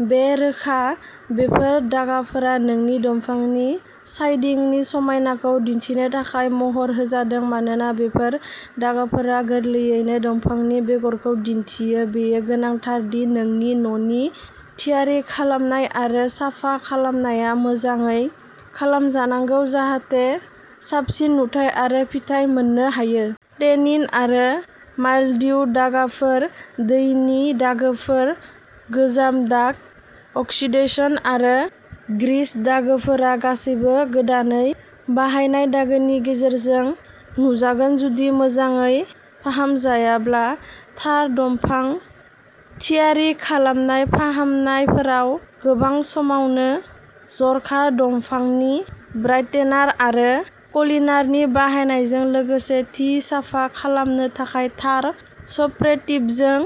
बे-रोखा। बेफोर दागाफोरा नोंनि दंफांनि साइदिंनि समायनाखौ दिन्थिनो थाखाय महर होजादों। मानोना बेफोर दागफोरा गोरलैयैनो दंफांनि बेगरखौ दिन्थियो, बेयो गोनांथार दि नोंनि न'नि थियारि खालामनाय आरो साफा खालामनाया मोजाङै खालामजानांगौ जाहाथे साबसिन नुथाय आरो फिथाइ मोननो हायो। टेनिन आरो माइल्डुयड दागाफोर, दैनि दागोफोर, गोजाम दाग अक्सिडेशन आरो ग्रीस दागोफोरा गासैबो गोदानै बाहायनाय दागोनि गेजेरजों नुजागोन जुदि मोजाङै फाहामजायाब्ला। थार दंफां थियारि खालामनाय फाहामनायफोराव गोबां समावनो जर'खा दंफांनि ब्राइटेनार आरो पलिनारनि बाहायनायजों लोगोसे थि साफा खालामनो थाखाय थार सप्रे टिपजों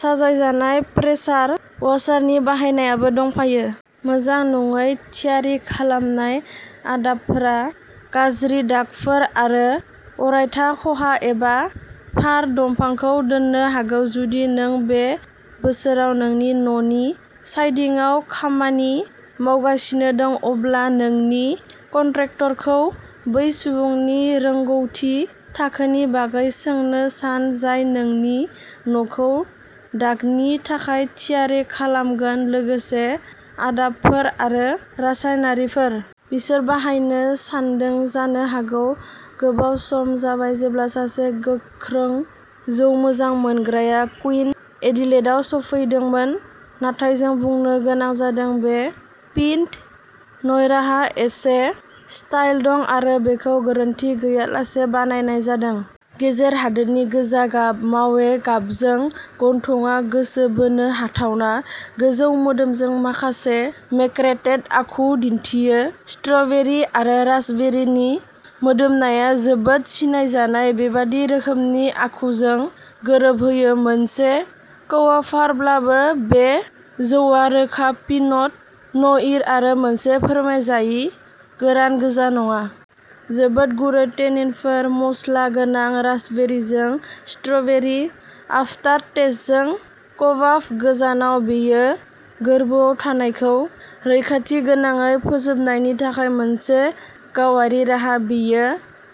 साजायजानाय प्रेसार वाशारनि बाहायनायबो दंफायो। मोजां नङै थियारि खालामनाय आदबफोरा गाज्रि दागफोर आरो अरायथा खहा एबा फार दंफांखौ दोननो हागौ। जुदि नों बे बोसोराव नोंनि न'नि साइदिंआव खामानि मावगासिनो दं, अब्ला नोंनि कन्ट्रेक्टरखौ बै सुबुंनि रोंग'थि थाखोनि बागै सोंनो सान, जाय नोंनि न'खौ दागनि थाखाय थियारि खालामगोन लोगोसे आदबफोर आरो रासायनारिफोर। बिसोर बाहायनो सानदों। जानो हागौ गोबाव सम जाबाय जेब्ला सासे गोख्रों जौ मोजां मोनग्राया कुइन एडिलेडआव सौफैदोंमोन, नाथाय जों बुंनो गोनां जादों, बे पिनट नयराहा एसे स्टाइल दं आरो बेखौ गोरोनथि गैयालासे बानायनाय जादों। गेजेर देहानि गोजा गाब, मावे गाबजों। गन्थंआ गोसो बोनो हाथावना, गोजौ मोदोमजों, माखासे मेकरेटेड आखु दिन्थियो। स्ट्र'बेरि आरो रास्पबेरिनि मोदोमनाया जोबोद सिनायजानाय बायदि रोखोमनि आखुजों गोरोबहैयो। मोनसे क्वाफारब्लाबो, बे जौआ रोखा पिनट न'इर-आरो मोनसे फोरमायजायै गोरान गोजा नङा। जोबोद गुरै टेनिनफोर, मस्ला गोनां रास्पबेरीजों, स्ट्र'बेरि आफटारटेस्टजों। क्वाफ गोजानाव! बेयो गोरबोआव थानायखौ रैखाथिगोनाङै फोजोबनायनि थाखाय मोनसे गावारि राहा। बेयो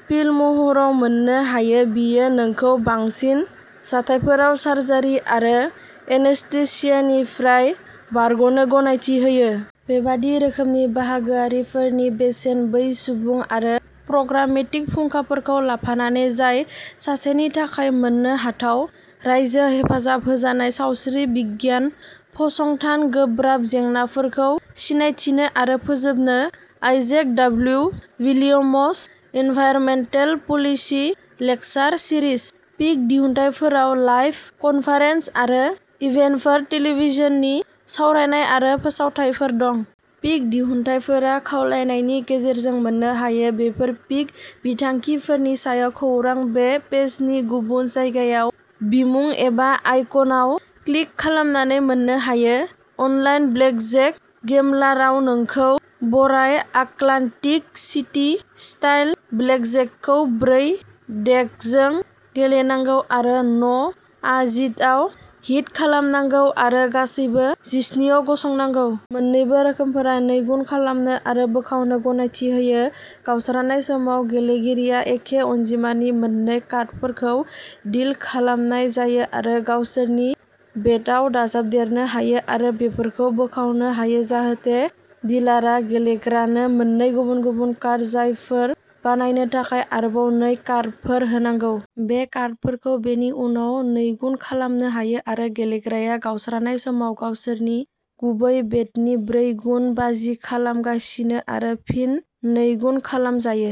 पिल महराव मोननो हायो। बेयो नोंखौ बांसिन जाथायफोराव सार्जारि आरो एनेस्थेसियानिफ्राय बारग'नो गनायथि होयो। बायदि रोखोमनि बाहागोआरिफोरनि बेसेन-बै सुबुं आरो प्रग्रामेटिक फुंखाफोरखौ लाफानानै जाय सासेनि थाखाय मोननोहाथाव। रायजो-हेफाजाब होजानाय, सावस्रि बिगियान फसंथान-गोब्राब जेंनाफोरखौ सिनायथिनो आरो फोजोबनो। Isaac W. Williams environmental policy lecture series. पिक'दिहुनथायफोराव लाइभ कनफारेन्स आरो इभेन्टफोर, टेलिभिजननि सावरायनाय आरो फोसावथायफोर दं। पिक'दिहुनथायफोरा खावलायनायनि गेजेरजों मोननो हायो। बेफोर पिक'बिथांखिफोरनि सायाव खौरां बे पेजनि गुबुन जायगायाव बिमुं एबा आइकनआव क्लिक खालामनानै मोननो हायो। अनलाइन ब्लेकजेक गेम्बलारआव नोंखौ बराय! आटलान्टिक सिटी स्टाइल ब्लेकजेकखौ ब्रै डेकजों गेलेनांगौ आरो न'आ जिद' आव हिट खालामनांगौ आरो गासिबो जिस्नि आव गसंनांगौ। मोन्नैबो रोखोमफोरा नैगुन खालामनो आरो बोखावनो गनायथि होयो। गावस्रानाय समाव, गेलेगिरिया एखे अनजिमानि मोन्नै कार्डफोरखौ डिल खालामनाय जायो आरो गावसोरनि बेटआव दाजाबदेरनो हायो आरो बेफोरखौ बोखावनो हायो जाहाथे डिलारआ गेलेग्रानो मोननै गुबुन-गुबुन कार्ड जराफोर बानायनो थाखाय आरोबाव नै कार्डफोर होनांगौ। बे कार्डफोरखौ बेनि उनाव नैगुन खालामनो हायो आरो गेलेग्राया गावस्रानाय समाव गावसोरनि गुबै बेटनि ब्रै गुन बाजि खालामगासिनो आरो फिन नैगुन खालामजायो।